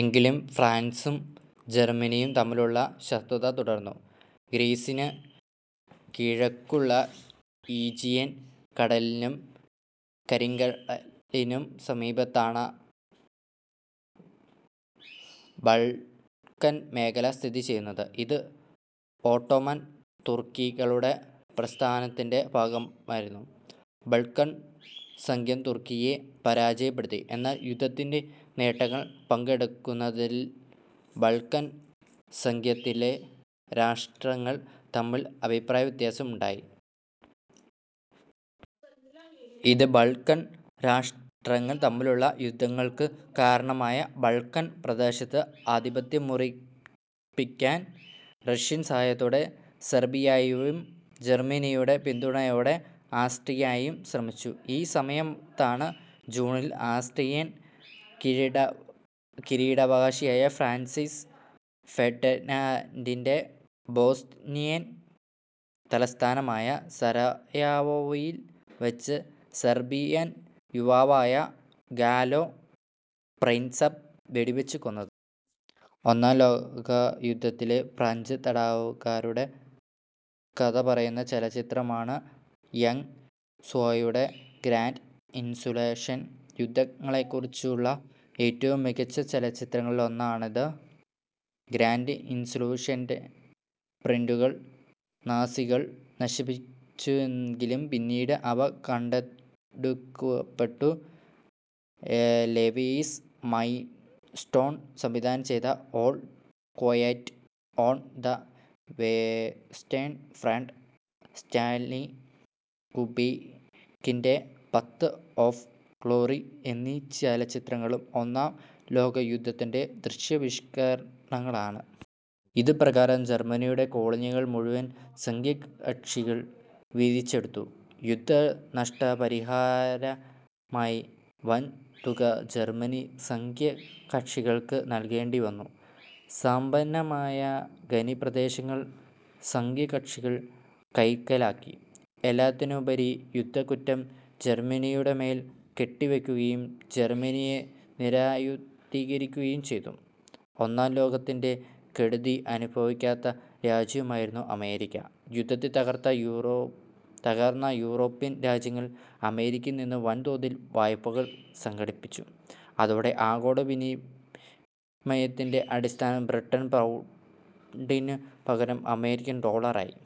എങ്കിലും ഫാൻസും ജർമനിയും തമ്മിലുള്ള ശത്രുത തുടർന്നു. ഗ്രീസിന് കിഴക്കുള്ള ഈജിയൻ കടലിനും കരിങ്കടലിനും സമീപത്തായാണ് ബാൾക്കൻ മേഖല സ്ഥിതിചെയ്യുന്നത്. ഇത് ഓട്ടോമൻ തുർക്കികളുടെ സാമ്രാജ്യത്തിന്റെ ഭാഗമായിരുന്നു. ബാൾക്കൺ സഖ്യം തുർക്കിയെ പരാജയപ്പെടുത്തി. എന്നാൽ യുദ്ധത്തിന്റെ നേട്ടങ്ങൾ പങ്കിട്ടെടുക്കുന്നതിൽ ബാൾക്കൻ സഖ്യത്തിലെ രാഷ്ട്രങ്ങൾ തമ്മിൽ അഭിപ്രായവ്യത്യാസം ഉണ്ടായി. ഇത് ബാൾക്കൺ രാഷ്ട്രങ്ങൾ തമ്മിലുള്ള യുദ്ധങ്ങൾക്കു കാരണമായി. ബാൾക്കൻ പ്രദേശത്ത് ആധിപത്യമുറപ്പിക്കാൻ റഷ്യൻ സഹായത്തോടെ സെർബിയയും ജർമനിയുടെ പിന്തുണയോടെ ആസ്ട്രിയയും ശ്രമിച്ചു. ഈ സമയത്താണ് ജൂണിൽ ആസ്ട്രിയൻ കിരീടാവകാശിയായ ഫ്രാൻസിസ് ഫെർഡിനന്റിനെ ബോസ്നിയൻ തലസ്ഥാനമായ സാരയാവോയിൽ വച്ച് സെർബിയൻ യുവാവായ ഗാലൊ പ്രിൻസപ്പ് വെടിവെച്ചു കൊന്നത്. ഒന്നാം ലോകയുദ്ധത്തിലെ ഫ്രഞ്ച് തടവുകാരുടെ കഥപറയുന്ന ചലച്ചിത്രമാണ് ഴാങ് സ്വായുടെ ഗ്രാൻഡ് ഇല്യൂഷൻ'. യുദ്ധങ്ങളെക്കുറിച്ചുള്ള ഏറ്റവും മികച്ച ചലച്ചിത്രങ്ങളിലൊന്നാണിത്. "ഗ്രാൻഡ് ഇല്യൂഷന്റെ പ്രിന്റുകൾ നാസികൾ നശിപ്പിച്ചുവെങ്കിലും പിന്നീട് അവ കണ്ടെടുക്കപ്പെട്ടു. ലെവിസ് മൈൻസ്റ്റോൺ സംവിധാന ചെയ്ത "all quiet on the western front', Stanley കുബിക്കിന്റെ "പാത്ത് ഓഫ് ഗ്ലോറി' എന്നീ ചലച്ചിത്രങ്ങളും ഒന്നാം ലോകയുദ്ധ ത്തിന്റെ ദൃശ്യാവിഷ്കാരങ്ങളാണ്. ഇതുപ്രകാരം ജർമനിയുടെ കോളനികൾ മുഴുവൻ സഖ്യകക്ഷികൾ വീതിച്ചെടുത്തു. യുദ്ധ നഷ്ട പരിഹാരമായി വൻ തുക ജർമനി സഖ്യ കക്ഷികൾക്ക് നൽകേണ്ടിവന്നു. സമ്പന്നമായ ഖനിപ്രദേശങ്ങൾ സഖ്യകക്ഷികൾ കൈക്കലാക്കി. എല്ലാറ്റിനുമുപരി യുദ്ധക്കുറ്റം ജർമനിയുടെമേൽ കെട്ടിവയ്ക്കുകയും ജർമനിയെ നിരായുധീകരിക്കുകയും ചെയ്തു. ഒന്നാം ലോകയുദ്ധത്തിന്റെ കെടുതി അനുഭവിക്കാത്ത രാജ്യമായിരുന്നു അമേരിക്ക. യുദ്ധത്തിൽ തകർന്ന യൂറോപ്യൻ രാജ്യങ്ങൾ അമേരിക്കയിൽനിന്നു വൻതോതിൽ വായ്പകൾ സംഘടിപ്പിച്ചു. അതോടെ ആഗോള വിനിമയത്തിന്റെ അടിസ്ഥാനം ബ്രിട്ടീഷ് പൗണ്ടിനു പകരം അമേരിക്കൻ ഡോളറായി